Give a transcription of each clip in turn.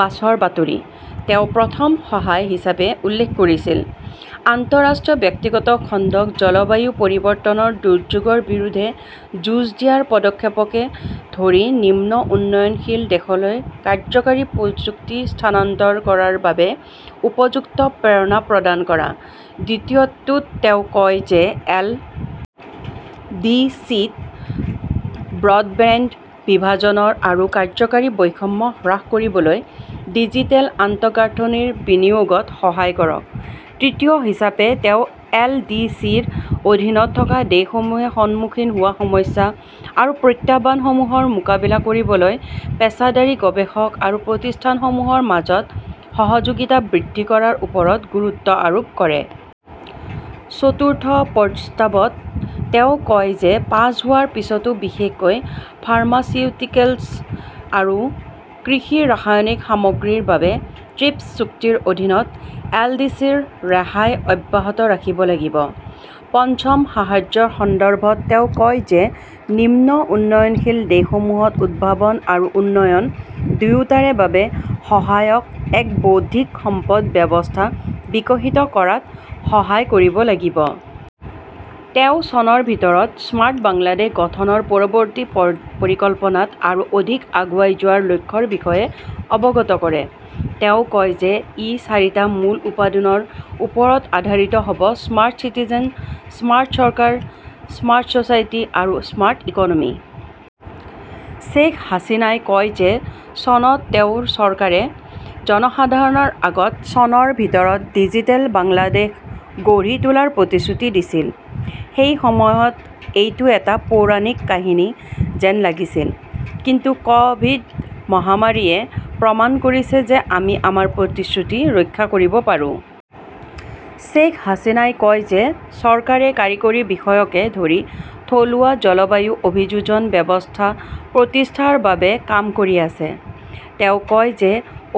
বাছৰ বাতৰি। তেওঁ প্ৰথম সহায় হিচাপে উল্লেখ কৰিছিল, আন্তঃৰাষ্ট্ৰীয় ব্যক্তিগত খণ্ডক জলবায়ু পৰিৱৰ্তনৰ দুৰ্যোগৰ বিৰুদ্ধে যুঁজ দিয়াৰ পদক্ষেপকে ধৰি নিম্ন উন্নয়নশীল দেশলৈ কাৰ্য্যকৰী প্ৰযুক্তি স্থানান্তৰ কৰাৰ বাবে উপযুক্ত প্ৰেৰণা প্ৰদান কৰা। দ্বিতীয়টোত তেওঁ কয় যে এল. ডি. চি. -ত ব্ৰডবেণ্ড বিভাজন আৰু কাৰিকৰী বৈষম্য হ্ৰাস কৰিবলৈ ডিজিটেল আন্তঃগাঁথনিৰ বিনিয়োগত সহায় কৰক। তৃতীয় সহায় হিচাপে তেওঁ এল. ডি. চি. -ৰ অধীনত থকা দেশসমূহে সন্মুখীন হোৱা সমস্যা আৰু প্ৰত্যাহ্বানসমূহৰ মোকাবিলা কৰিবলৈ পেছাদাৰী গৱেষক আৰু প্ৰতিষ্ঠানসমূহৰ মাজত সহযোগিতা বৃদ্ধি কৰাৰ ওপৰত গুৰুত্ব আৰোপ কৰে। চতুৰ্থ প্ৰস্তাৱত তেওঁ কয় যে পাছ হোৱাৰ পিছতো বিশেষকৈ ফাৰ্মাচিউটিকেলছ আৰু কৃষি-ৰাসায়নিক সামগ্ৰীৰ বাবে ট্ৰিপছ চুক্তিৰ অধীনত এলডিচিৰ ৰেহাই অব্যাহত ৰাখিব লাগিব। পঞ্চম সাহায্যৰ সন্দৰ্ভত তেওঁ কয় যে নিম্ন উন্নয়নশীল দেশসমূহত উদ্ভাৱন আৰু উন্নয়ন দুয়োটাৰে বাবে সহায়ক এক বৌদ্ধিক সম্পদ ব্যৱস্থা বিকশিত কৰাত সহায় কৰিব লাগিব। তেওঁ চনৰ ভিতৰত 'স্মাৰ্ট বাংলাদেশ "গঠনৰ পৰৱৰ্তী পৰিকল্পনাত আৰু অধিক আগুৱাই যোৱাৰ লক্ষ্যৰ বিষয়ে অৱগত কৰে। তেওঁ কয় যে ই চাৰিটা মূল উপাদানৰ ওপৰত আধাৰিত হ "ব-স্মাৰ্ট চিটিজেন, স্মাৰ্ট চৰকাৰ, স্মাৰ্ট ছ" চাইটি আৰু স্মাৰ্ট ইকনমি। শ্বেখ হাছিনাই কয় যে চনত তেওঁৰ চৰকাৰে জনসাধাৰণৰ আগত চনৰ ভিতৰত 'ডিজিটেল বাংলাদেশ "গঢ়ি তোলাৰ প্ৰতিশ্ৰুতি দিছিল। সেই সময়ত এইটো এটা 'পৌৰাণিক কাহিনী "যেন লাগিছিল। কিন্তু ক "ভিড- মহামাৰীয়ে প্ৰমাণ কৰিছে যে আমি আমাৰ প্ৰতিশ্ৰুতি ৰক্ষা কৰিব পাৰোঁ। শ্বেখ হাছিনাই কয় যে চৰকাৰে কাৰিকৰী বিষয়কে ধৰি থলুৱা জলবায়ু অভিযোজন ব্যৱস্থা প্ৰতিষ্ঠাৰ বাবে কাম কৰি আছে। তেওঁ কয় যে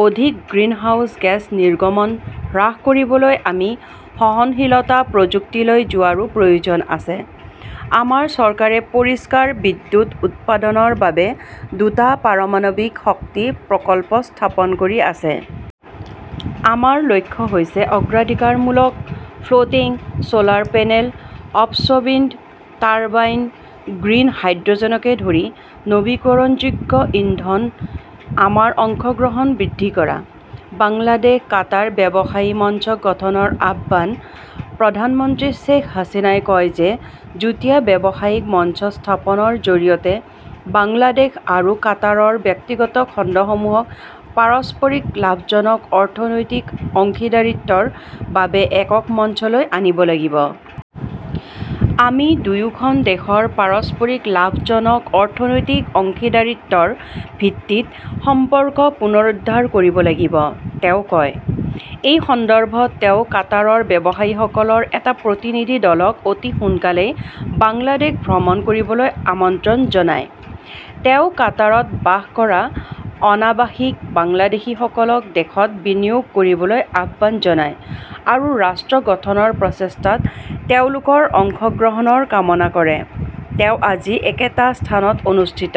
অধিক গ্ৰীণহাউছ গেছ নিৰ্গমন হ্ৰাস কৰিবলৈ আমি সহনশীলতা প্ৰযুক্তিলৈ যোৱাৰো প্ৰয়োজন আছে। আমাৰ চৰকাৰে পৰিষ্কাৰ বিদ্যুৎ উৎপাদনৰ বাবে দুটা পাৰমাণৱিক শক্তি প্ৰকল্প স্থাপন কৰি আছে। আমাৰ লক্ষ্য হৈছে অগ্ৰাধিকাৰমূলক floating "solar panel, offshore wind turbine, green হাইড্ৰ "জেনকে ধৰি নৱীকৰণযোগ্য ইন্ধনত আমাৰ অংশগ্ৰহণ বৃদ্ধি কৰা। বাংলাদেশ-কাটাৰ ব্যৱসায়ী মঞ্চ গঠনৰ আহ্বানঃ প্ৰধানমন্ত্ৰী শ্বেখ হাছিনাই কয় যে যুটীয়া ব্যৱসায়িক মঞ্চ স্থাপনৰ জৰিয়তে বাংলাদেশ আৰু কাটাৰৰ ব্যক্তিগত খণ্ডসমূহক পাৰস্পৰিক লাভজনক অৰ্থনৈতিক অংশীদাৰিত্বৰ বাবে একক মঞ্চলৈ আনিব লাগিব। "আমি দুয়োখন দেশৰ পাৰস্পৰিক লাভজনক অৰ্থনৈতিক অংশীদাৰিত্বৰ ভিত্তিত সম্পৰ্ক পুনৰুদ্ধাৰ কৰিব লাগিব", তেওঁ কয়। এই সন্দৰ্ভত তেওঁ কাটাৰৰ ব্যৱসায়ীসকলৰ এটা প্ৰতিনিধি দলক অতি সোনকালেই বাংলাদেশ ভ্ৰমণ কৰিবলৈ আমন্ত্ৰণ জনায়। তেওঁ কাটাৰত বাস কৰা অনাবাসিক বাংলাদেশীসকলক দেশত বিনিয়োগ কৰিবলৈ আহ্বান জনায় আৰু ৰাষ্ট্ৰ গঠনৰ প্ৰচেষ্টাত তেওঁলোকৰ অংশগ্ৰহণৰ কামনা কৰে। তেওঁ আজি একেটা স্থানত অনুষ্ঠিত